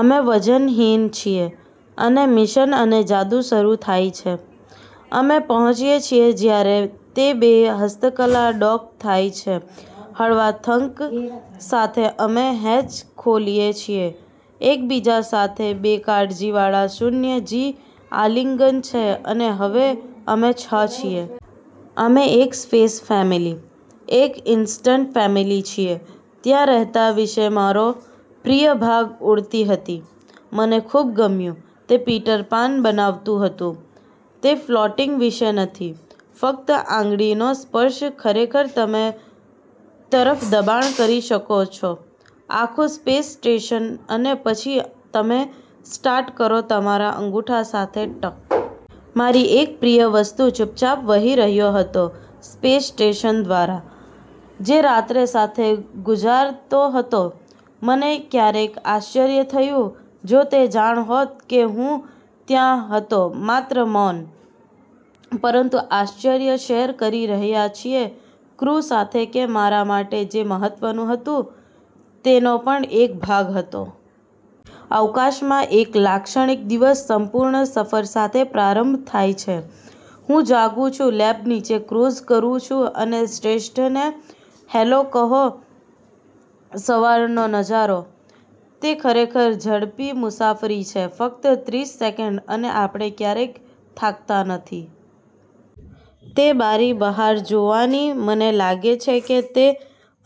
અમે વજનહીન છીએ. અને મિશન અને જાદુ શરૂ થાય છે. અમે પહોંચીએ છીએ જ્યારે તે બે હસ્તકલા ડોક થાય છે હળવા થંક સાથે. અમે હેચ ખોલીએ છીએ, એકબીજા સાથે બેકાળજિવાળા શૂન્ય જી આલિંગન છે અને હવે અમે છ છીએ. અમે એક સ્પેસ ફેમિલી, એક ઇન્સ્ટન્ટ ફેમિલી છીએ. ત્યાં રહેતા વિશે મારો પ્રિય ભાગ ઉડતી હતી. મને ખુબ ગમ્યું. તે પીટર પાન બનવાનું હતું. તે ફ્લોટિંગ વિશે નથી. ફક્ત આંગળીનો સ્પર્શ ખરેખર તમે તરફ દબાણ કરી શકો છો આખું સ્પેસ સ્ટેશન, અને પછી તમે સ્ટાર્ટ કરો તમારા અંગૂઠા સાથે ટક. મારી એક પ્રિય વસ્તુ ચૂપચાપ વહી રહ્યો હતો સ્પેસ સ્ટેશન દ્વારા, જે રાત્રે સાથે ગુંજારતો હતો. મને ક્યારેક આશ્ચર્ય થયું જો તે જાણ હોત કે હું ત્યાં હતો માત્ર મૌન, પરંતુ આશ્ચર્ય શેર કરી રહ્યા છીએ ક્રૂ સાથે કે મારા માટે જે મહત્ત્વનું હતું તેનો પણ એક ભાગ હતો. અવકાશમાં એક લાક્ષણિક દિવસ સંપૂર્ણ સફર સાથે પ્રારંભ થાય છે. હું જાગું છું, લેબ નીચે ક્રુઝ કરું છું અને શ્રેષ્ઠને હેલો કહો સવારનો નજારો. તે ખરેખર ઝડપી મુસાફરી છે, ફક્ત ત્રીસ સેકંડ અને આપણે ક્યારેય થાકતા નથી. તે બારી બહાર જોવાની મને લાગે છે કે તે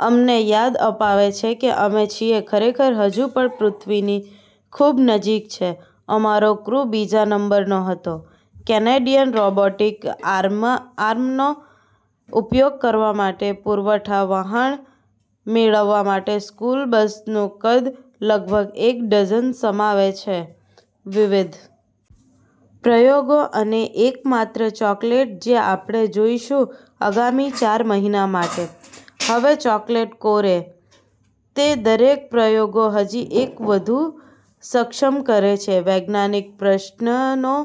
અમને યાદ અપાવે છે કે અમે છીએ ખરેખર હજુ પણ પૃથ્વીની ખૂબ નજીક છે. અમારો ક્રૂ બીજા નંબરનો હતો. કેનેડિયન રોબોટિક આર્મનો ઉપયોગ કરવા માટે પુરવઠા વહાણ મેળવવા માટે સ્કૂલ બસનું કદ લગભગ એક ડઝન સમાવે છે .વિવિધ પ્રયોગો અને એકમાત્ર ચોકલેટ જે આપણે જોઈશું આગામી ચાર મહિના માટે. હવે, ચોકલેટ કોરે, તે દરેક પ્રયોગો હજી એક વધુ સક્ષમ કરે છે વૈજ્ઞાનિક પ્રશ્નનો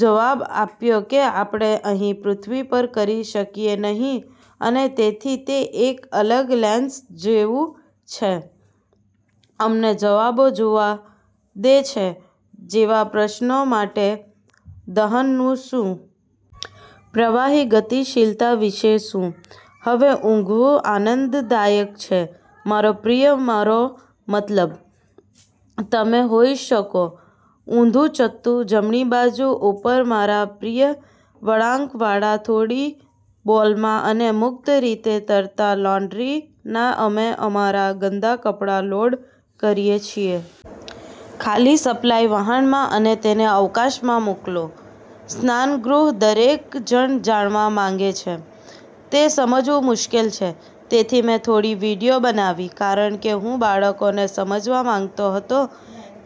જવાબ આપ્યો કે આપણે અહીં પૃથ્વી પર કરી શકીએ નહીં અને તેથી તે એક અલગ લેન્સ જેવું છે, અમને જવાબો જોવા દે છે જેવા પ્રશ્નો માટે, દહનનું શું? પ્રવાહી ગતિશીલતા વિશે શું? હવે ઉંઘવુ આનંદદાયક છે. મારો પ્રિય મારો મતલબ, તમે હોઈ શકો ઉધું-ચત્તુ, જમણી બાજુ ઉપર મારા પ્રિય વળાંકવાળા થોડી બોલમાં અને મુક્ત રીતે તરતા લોન્ડ્રી ના અમે અમારા ગંદા કપડા લોડ કરીએ છીએ. ખાલી સપ્લાય વહાણમાં અને તેને અવકાશમાં મોકલો. સ્નાનગૃહ. દરેક જણ જાણવા માંગે છે. તે સમજવું મુશ્કેલ છે, તેથી મેં થોડી વિડિઓ બનાવી, કારણ કે હું બાળકોને સમજવા માંગતો હતો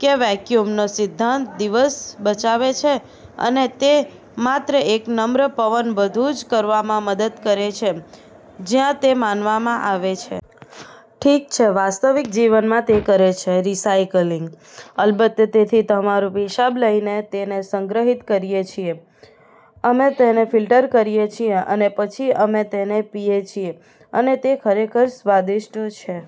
કે વેક્યૂમનો સિદ્ધાંત દિવસ બચાવે છે અને તે માત્ર એક નમ્ર પવન બધું જ કરવામાં મદદ કરે છે, જ્યાં તે માનવામાં આવે છે. ઠીક છે, વાસ્તવિક જીવનમાં તે કરે છે. રિસાયક્લિંગ. અલબત્ત. તેથી અમારું પેશાબ લઈએ તેનેસંગ્રહિત કરીએ છીએ, અમે તેને ફિલ્ટર કરીએ છીએ અને પછી અમે તેને પીએ છીએ અને તે ખરેખર સ્વાદિષ્ટ છે.